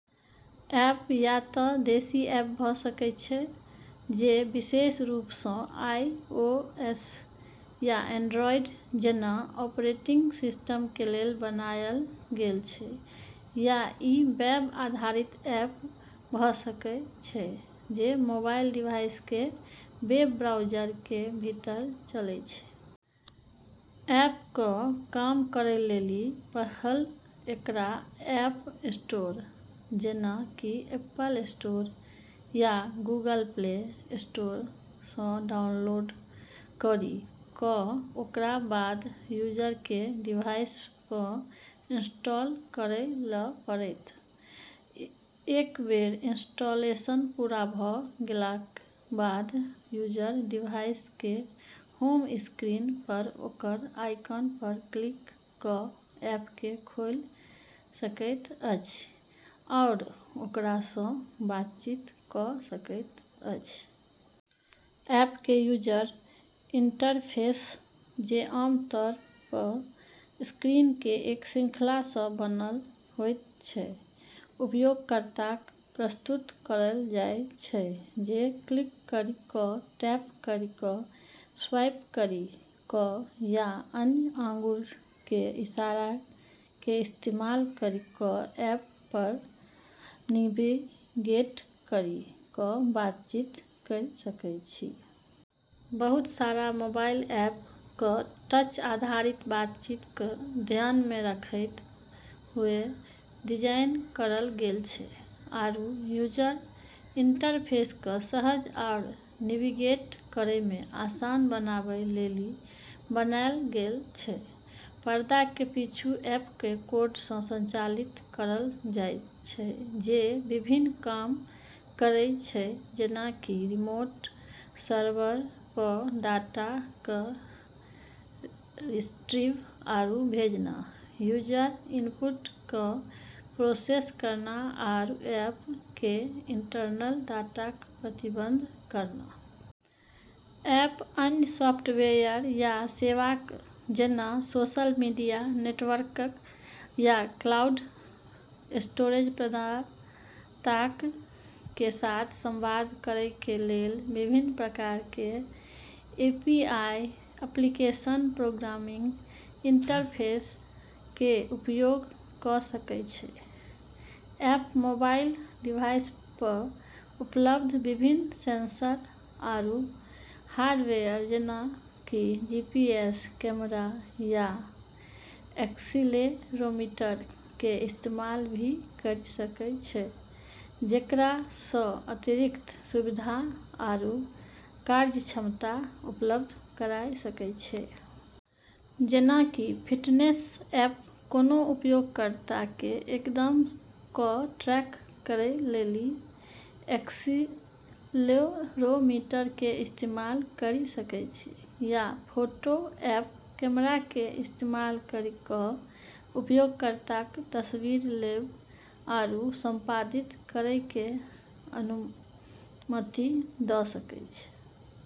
App या त देशी ऐप भ सकय छै, जे विशेष रूप सं आईओएस या एंड्रॉयड जैना ऑपरेटिंग सिस्टम के लेल बनायल गेल छै, या इ वेब आधारित ऐप भ सकय छै, जे मोबाइल डिवाइस के वेब ब्राउज़र के भीतर चलै छै। ऐप क काम करै लेली पहल एकरा ऐप स्टोर, जेना कि एप्पल स्टोर या गूगल प्ले स्टोर स डाउनलोड करी क ओकरा बाद यूजर के डिवाइस प इंस्टॉल करै ल पड़तै। एक बेर इंस्टॉलेशन पूरा भ गेलाक बाद यूजर डिवाइस के होम स्क्रीन पर ओकर आइकन पर क्लिक क ऐप के खोलि सकैत अछि आओर ओकरा सं बातचीत क सकैत अछि। ऐप के यूजर इंटरफेस, जे आमतौर प स्क्रीन के एक श्रृंखला स बनल होय छै, उपयोगकर्ता क प्रस्तुत करल जाय छै, जे क्लिक करी क, टैप करी क, स्वाइप करी क या अन्य आँगुर के इशारा के इस्तेमाल करी क ऐप प नेविगेट करी क बातचीत करी सकै छै। बहुत सारा मोबाइल ऐप क टच आधारित बातचीत क ध्यान मे रखतें हुअ डिजाइन करल गेल छै, आरू यूजर इंटरफेस क सहज आरू नेविगेट करै मे आसान बनाबै लेली बनाल गेल छै। पर्दा के पीछू ऐप क कोड स संचालित करल जाय छै जे विभिन्न काम करै छै, जेना कि रिमोट सर्वर प डाटा क रिट्रीव आरू भेजना, यूजर इनपुट क प्रोसेस करना, आरू ऐप के इंटरनल डाटा क प्रबंधित करना। ऐप अन्य सॉफ्टवेयर या सेवाक, जेना सोशल मीडिया नेटवर्क या क्लाउड स्टोरेज प्रदाताक के साथ संवाद करय के लेल विभिन्न प्रकार के एपीआई (एप्लीकेशन प्रोग्रामिंग इंटरफेस) के उपयोग क सकय छै। ऐप मोबाइल डिवाइस प उपलब्ध विभिन्न सेंसर आरू हार्डवेयर, जेना कि जीपीएस, कैमरा, या एक्सीलेरोमीटर के इस्तेमाल भी करी सकै छै, जेकरा स अतिरिक्त सुविधा आरू कार्यक्षमता उपलब्ध कराय सकै छै। जेना कि फिटनेस ऐप कोनों उपयोगकर्ता के कदम क ट्रैक करै लेली एक्सीलेरोमीटर के इस्तेमाल करी सकै छै, या फोटो ऐप कैमरा के इस्तेमाल करी क उपयोगकर्ता क तस्वीर लेबै आरू संपादित करै के अनुमति द सकै छै।